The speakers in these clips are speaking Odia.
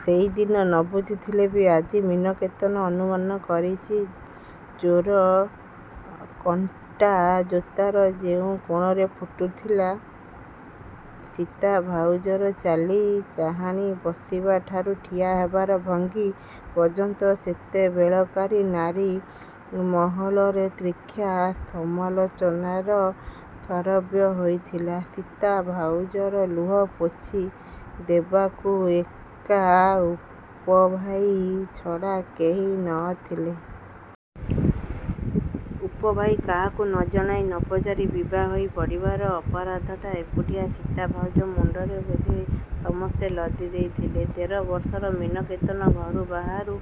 ସେଦିନ ନ ବୁଝିଥିଲେ ବି ଆଜି ମୀନକେତନ ଅନୁମାନ କରିଛି ଚୋର କଣ୍ଟା ଯୋତାର ଯେଉଁ କୋଣରେ ଫୁଟୁଥିଲା। ସୀତା ଭାଉଜର ଚାଲି ଚାହାଁଣୀ, ବସିବା ଠାରୁ ଠିଆ ହେବାର ଭଙ୍ଗି ପର୍ଯ୍ୟନ୍ତ ସେତେବେଳକାର ନାରୀ ମହଲରେ ତୀକ୍ଷ୍ଣ ସମାଲୋଚନାର ଶରବ୍ୟ ହୋଇଥିଲା। ସୀତା ଭାଉଜର ଲୁହ ପୋଛି ଦେବାକୁ ଏକା ଉପଭାଇ ଛଡ଼ା କେହି ନଥିଲେ। ଉପଭାଇ କାହାକୁ ନ ଜଣାଇ, ନପଚାରି ବିଭା ହୋଇ ପଡ଼ିବାର ଅପରାଧଟା ଏକୁଟିଆ ସୀତା ଭାଉଜ ମୁଣ୍ଡରେ ବୋଧେ ସମସ୍ତେ ଲଦି ଦେଇଥିଲେ। ତେର ବର୍ଷର ମୀନ କେତନ ଘରୁ, ବାହାରୁ,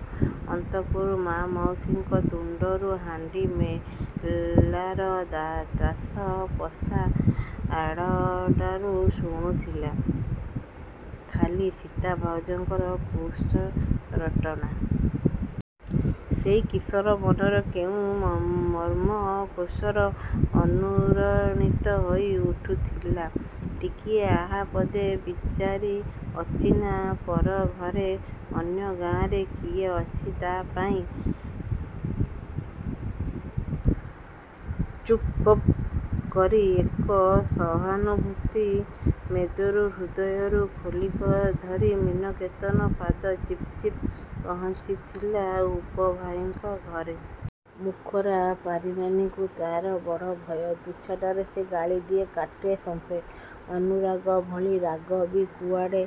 ଅନ୍ତଃପୁରୁ, ମା'ମାଉସୀଙ୍କ ତୁଣ୍ଡରୁ, ଦାଣ୍ଡ ମେଲାର ତାଶ, ପଶା ଆଡ଼୍ଡ଼ାରୁ ଶୁଣୁଥିଲା ଖାଲି ସୀତା ଭାଉଜର କୁତ୍ସାରଟନା। ସେଇ କିଶୋର ମନର କେଉଁ ମର୍ମ କୋଷରେ ଅନୁରଣିତ ହୋଇ ଉଠୁଥିଲା ଟିକିଏ ଆହା ପଦ...। ବିଚାରି ଅଚିହ୍ନା ପରଘରେ ଅନ୍ୟଗାଁରେ କିଏ ଅଛି ତା' ପାଇଁ। ଚୁପ୍ଚୁପ୍ କରି ଏକ ସହାନୁଭୂତି ମେଦୁର ହୃଦୟକୁ ଖୋଲିଧରି ମୀନକେତନ ପାଦ ଚିପି ଚିପି ପହଞ୍ଚିଥିଲା ଉପଭାଇଙ୍କ ଘରେ। ମୁଖରା ପାରିନାନୀକୁ ତା'ର ବଡ଼ଭୟ। ତୁଚ୍ଛଟାରେ ସେ ଗାଳି ଦିଏ କାଟେ ସମ୍ପେ। ଅନୁରାଗ ଭଳି ରାଗ ବି କୁଆଡ଼େ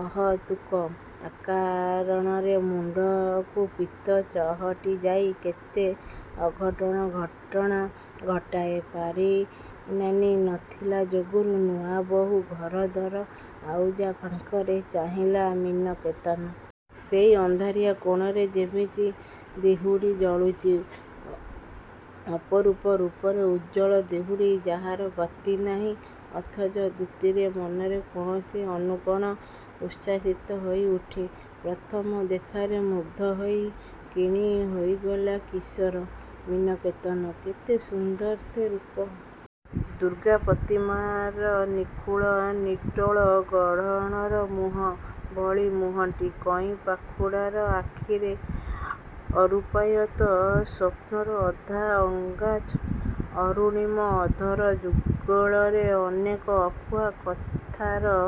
ଅହେତୁକ। ଅକାରଣରେ ମୁଣ୍ଡକୁ ପିତ୍ତ ଚହଟି ଯାଇ କେତେ ଅଘଟଣ ଘଟଣା ଘଟାଏ। ପାରିନାନୀ ନଥିଲା ଯୋଗକୁ। ନୂଆବୋହୂ ଘର ଦର ଆଉଜା ଫାଙ୍କରେ ଚାହିଁଲା ମୀନକେତନ। ସେହି ଅନ୍ଧାରିଆ କୋଣରେ ଯେମିତି ଦିହୁଡ଼ି, ଜଳୁଛି ଅପରୂପ ରୂପର ଉଜ୍ଜ୍ୱଳ ଦିହୁଡ଼ି। ଯାହାର ଗତି ନାହିଁ ଅଥଚ ଦ୍ୟୁତିରେ ମନର କୋଣ ଅନୁକୋଣ ଉଦ୍ଭାସିତ ହୋଇ ଉଠେ। ପ୍ରଥମ ଦେଖାରେ ମୁଗ୍ଧ ହୋଇ କିଣି ହୋଇଗଲା କିଶୋର ମୀନକେତନ। କେତେ ସୁନ୍ଦର ସେ ରୂପ। ଦୁର୍ଗା ପ୍ରତିମାର ନିଖୁଣ ନିଟୋଳ ଗଢ଼ଣର ମୁହଁ ଭଳି ମୁହଁଟି। କଇଁ ପାଖୁଡ଼ାର ଆଖିରେ ଅରୂପାୟିତ ସ୍ୱପ୍ନର ଅଧା ଅଙ୍କା ଛବି। ଅରୁଣିମ ଅଧର ଯୁଗଳରେ ଅନେକ ଅକୁହା କଥାର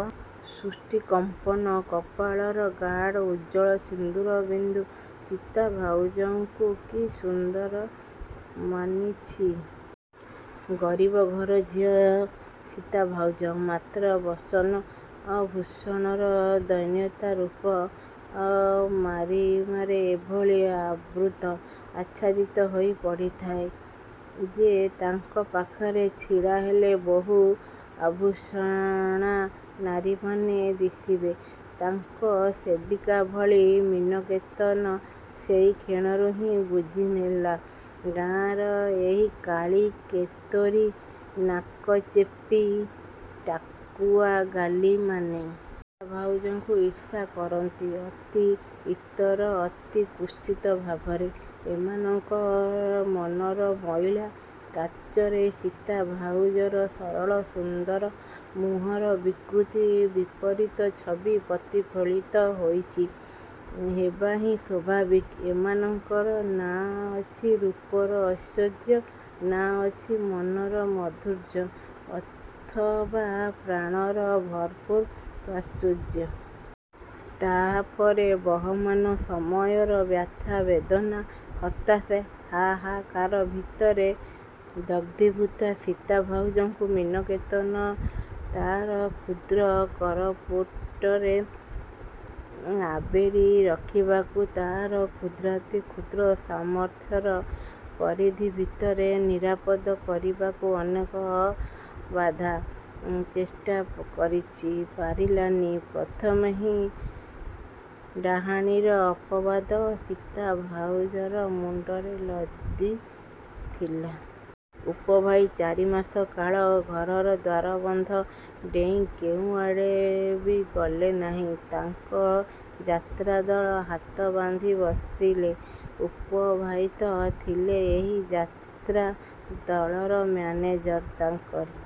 ସୂକ୍ଷ୍ମ କମ୍ପନ। କପାଳରେ ଗାଢ଼ ଉଜ୍ଜ୍ୱଳ ସିନ୍ଦୁର ବିନ୍ଦୁ। ସୀତା ଭାଉଜକୁ କି ସୁନ୍ଦର ମାନିଛି। ଗରିବ ଘର ଝିଅ ସୀତା ଭାଉଜ। ମାତ୍ର ବସନ ଭୂଷଣର ଦୈନ୍ୟତା ରୂପ ଗାରିମାରେ ଏଭଳି ଆବୃତ, ଆଚ୍ଛାଦିତ ହେଇ ପଡ଼ିଥାଏ ଯେ, ତାଙ୍କ ପାଖରେ ଛିଡ଼ା ହେଲେ ବହୁ ଆଭୂଷଣାନାରୀମାନେ ଦିଶିବେ ତାଙ୍କ ସେବିକା ଭଳି। ମୀନକେତନ ସେହି କ୍ଷଣରୁ ହିଁ ବୁଝିନେଲା ଗାଁର ଏହି କାଳି, କୋତରୀ, ନାକଚେପ୍ଟୀ, ଟାକୁଆଗାଲିମାନେ। ସୀତା ଭାଉଜଙ୍କୁ ଈର୍ଷା କରନ୍ତି ଅତି ଇତର, ଅତି କୁତ୍ସିତ ଭାବରେ। ଏମାନଙ୍କ ମନର ମଇଳା କାଚରେ ସୀତା ଭାଉଜର ସରଳ ସୁନ୍ଦର ମୁହଁର ବିକୃତ ବିପରୀତ ଛବି ପ୍ରତିଫଳିତ ହେଉଛି। ହେବାହିଁ ସ୍ୱାଭାବିକ। ଏମାନଙ୍କର ନା ଅଛି ରୂପର ଐଶ୍ୱର୍ଯ୍ୟ, ନା ଅଛି ମନର ମାଧୁର୍ଯ୍ୟ ଅଥବା ପ୍ରାଣର ଭରପୁର ପ୍ରାଚୁର୍ଯ୍ୟ। ତା'ପରେ ବହମାନ ସମୟର ବ୍ୟଥା, ବେଦନା, ହତାଶା, ହା-ହା-କାର ଭିତରେ ଦଗ୍ଧୀଭୂତା ସୀତା ଭାଉଜକୁ ମୀନକେତନ ତା'ର କ୍ଷୁଦ୍ର କରପୁଟରେ ଆବୋରି ରଖିବାକୁ ତା'ର କ୍ଷୁଦ୍ରାତିକ୍ଷୁଦ୍ର ସାମର୍ଥ୍ୟର ପରିଧି ଭିତରେ ନିରାପଦ କିରବାକୁ ଅନେକ ବ୍ୟଥା ଚେଷ୍ଟା କରିଛି। ପାରିନାନୀ ପ୍ରଥମେ ହିଁ ଡାହାଣୀର ଅପବାଦ ସୀତା ଭାଉଜର ମୁଣ୍ଡରେ ଲଦିଥିଲା। ଉପଭାଇ ଚାରିମାସ କାଳ ଘରର ଦ୍ୱାର ବନ୍ଧ ଡେଇଁ କେଉଁ ଆଡ଼େ ବି ଗଲେ ନାହିଁ। ତାଙ୍କ ଯାତ୍ରାଦଳ ହାତ ବାନ୍ଧି ବସିଲେ। ଉପଭାଇତ ଥିଲେ ଏହି ଯାତ୍ରା ଦଳର ମ୍ୟାନେଜର। ତାଙ୍କରି